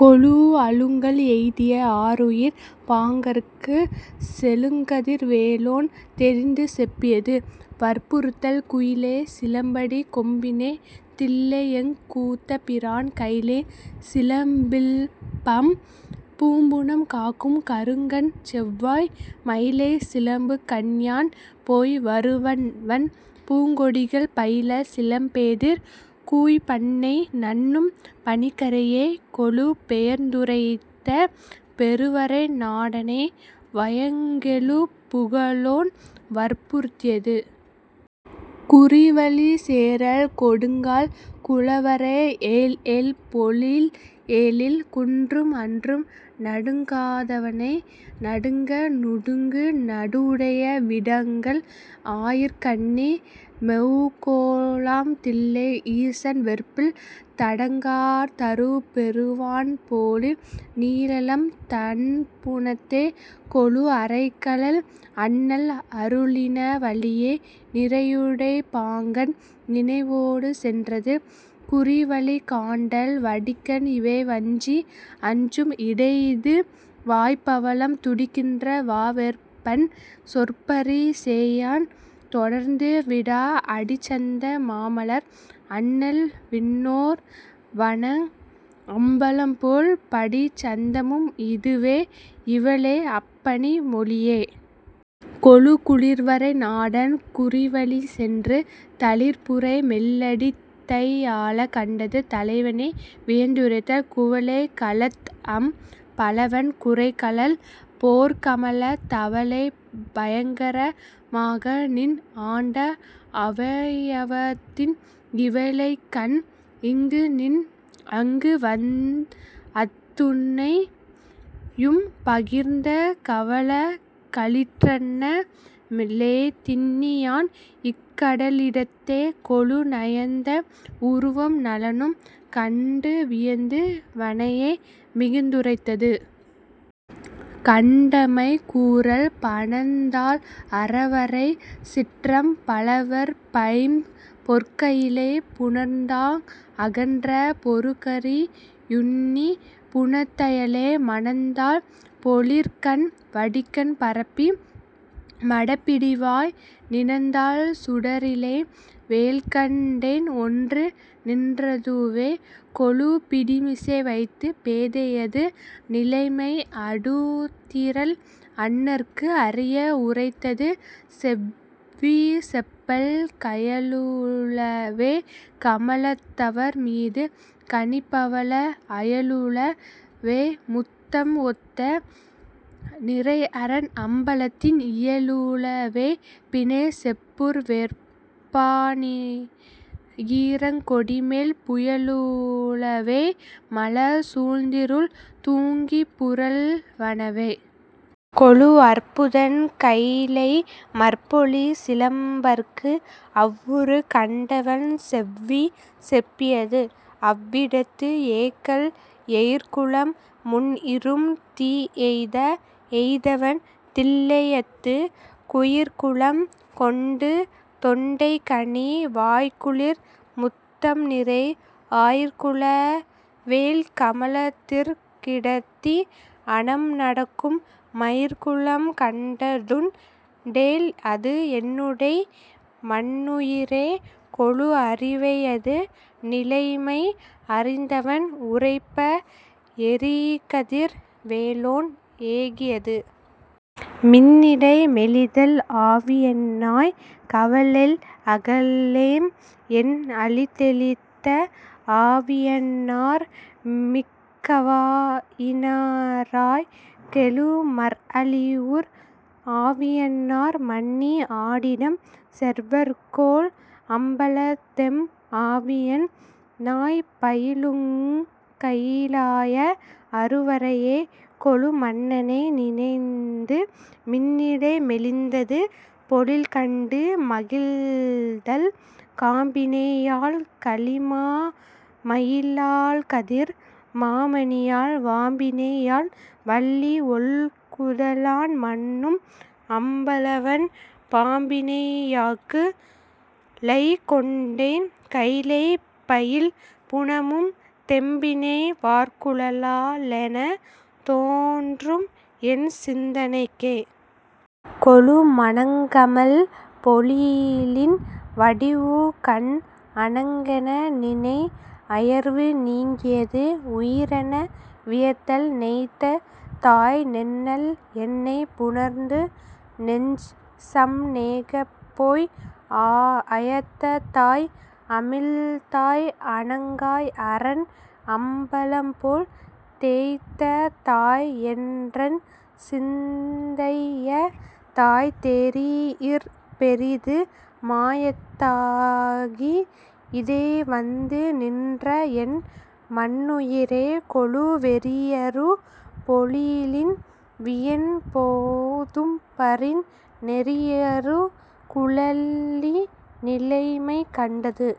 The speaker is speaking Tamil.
கொளு அழுங்கல் எய்திய ஆருயிர்ப் பாங்கற்குச் செழுங்கதிர் வேலோன் தெரிந்து செப்பியது.. வற்புறுத்தல் குயிலைச் சிலம்படிக் கொம்பினைத் தில்லையெங் கூத்தப்பிரான் கயிலைச் சிலம்பில்பைம் பூம்புனம் காக்கும் கருங்கண்செவ்வாய் மயிலைச் சிலம்புகண் யான்போய் வருவன்வண் பூங்கொடிகள் பயிலச் சிலம்பெதிர் கூய்ப்பண்ணை நண்ணும் பனிக்கறையே... கொளு பெயர்ந்துரைத்த பெருவரை நாடனை வயங்கெழு புகழோன் வற்புறுத்தியது.. குறிவழிச் சேறல் கொடுங்கால் குலவரை ஏழ்ஏழ் பொழில்எழில் குன்றும்அன்றும் நடுங்கா தவனை நடுங்க நுடங்கு நடுவுடைய விடங்கால் ஆயிற்கண்ணி மேவுங்கொ லாம்தில்லை ஈசன் வெற்பில் தடங்கார் தருபெரு வான்பொழில் நீழலம் தண்புனத்தே.. கொளு அறைகழல் அண்ணல் அருளின வழியே நிறையுடைப் பாங்கன் நினைவொடு சென்றது.. குறிவழிக்காண்டல் வடிக்கண் இவைவஞ்சி அஞ்சும் இடைஇது வாய்பவளம் துடிக்கின்ற வாவெற்பன் சொற்பரி சேயான் தொடர்ந்துவிடா அடிச்சந்த மாமலர் அண்ணல்விண் ணோர்வணங் அம்பலம்போல் படிச்சந் தமும்இது வேஇவ ளேஅப் பணிமொழியே... கொளு குளிர்வரை நாடன் குறிவழிச் சென்று தளிர்புரை மெல்லடித் தையாலக் கண்டது.. தலைவனை வியந்துரைத்தல் குவளைக்களத்அம் பலவன் குரைகழல் போற்கமலத் தவளைப் பயங்கர மாகநின் ஆண்ட அவயவத்தின் இவளைக்கண் இங்குநின் அங்குவந் அத்துனை யும்பகர்ந்த கவளக் களிற்றண்ண லேதிண்ணி யான்இக் கடலிடத்தே... கொளு நயந்த உருவம் நலனும் கண்டு வியந்த வனையே மிகுத்துரைத்தது. கண்டமை கூறல் பணந்தாழ் அரவரைச் சிற்றம் பலவர்பைம் பொற்கயிலைப் புணர்ந்தாங் அகன்ற பொருகரி யுன்னிப் புனத்தயலே மணந்தாழ் பொழிற்கண் வடிக்கண் பரப்பி மடப்பிடிவாய் நிணந்தாழ் சுடரிலை வேல்கண் டேன்ஒன்று நின்றதுவே... கொளு பிடிமிசை வைத்துப் பேதையது நிலைமை அடுதிறல் அண்ணற்கு அறிய உரைத்தது.. செவ்வி செப்பல் கயலுள வேகம லத்தவர் மீது கனிபவளத் அயலுள வேமுத்தம் ஒத்த நிரைஅரன் அம்பலத்தின் இயலுள வேபிணைச் செப்புவெற் பாநின ஈர்ங்கொடிமேல் புயலுள வேமலர் சூழ்ந்திருள் தூங்கிப் புரள்வனவே... கொளு அற்புதன் கைலை மற்பொலி சிலம்பற்கு அவ்வுரு கண்டவன் செவ்வி செப்பியது.. அவ்விடத்து ஏக்கல் எயிற்குலம் முன்இரும் தீஎய்த எய்தவன் தில்லையத்துக் குயிற்குலம் கொண்டுதொண் டைக்கனி வாய்க்குளிர் முத்தம்நிரைத் ஆயிற்குல வேல்கம லத்திற் கிடத்தி அனம்நடக்கும் மயிற்குலம் கண்டதுண் டேல்அது என்னுடை மன்னுயிரே... கொளு அரிவையது நிலைமை அறிந்தவன் உரைப்ப எரிகதிர் வேலோன் ஏகியது. மின்னிடை மெலிதல் ஆவியன் னாய்கவ லேல்அக லேம்என் அளித்தொளித்த ஆவியன் னார்மிக் கவாயின ராய்க்கெழு மற்அழிவுற் ஆவியன் னார்மன்னி ஆடிடம் செர்வர்கொல் அம்பலத்தெம் ஆவியன் னான்பயி லுங்கயி லாயத் அருவரையே... கொளு மன்னனை நினைந்து மின்னிடை மெலிந்தது.. பொழில்கண்டு மகிழ்தல் காம்பிணை யால்களி மாமயி லால்கதிர் மாமணியால் வாம்பிணை யால்வல்லி ஒல்குத லான்மன்னும் அம்பலவன் பாம்பிணை யாக்குழை கொண்டோன் கயிலைப் பயில்புனமும் தெம்பிணை வார்குழ லாளெனத் தோன்றும்என் சிந்தனைக்கே... கொளு மணங்கமழ் பொழிலின் வடிவுகண் அணங்கென நினை அயர்வு நீங்கியது.. உயிரென வியத்தல் நேய்த்த தாய்நென்னல் என்னைப் புணர்ந்துநெஞ் சம்நெகப்போய் அயத்த தாய் அமிழ் தாய்அணங் காய்அரன் அம்பலம்போல் தேய்த்த தாய்என்றன் சிந்தைய தாய்த்தெரி யிற்பெரிது மாயத்த தாகி இதேவந்து நின்றஎன் மன்னுயிரே... கொளு வெறியறு பொழிலின் வியன்பொ தும்பரின் நெறியறு குழலி நிலைமை கண்டது..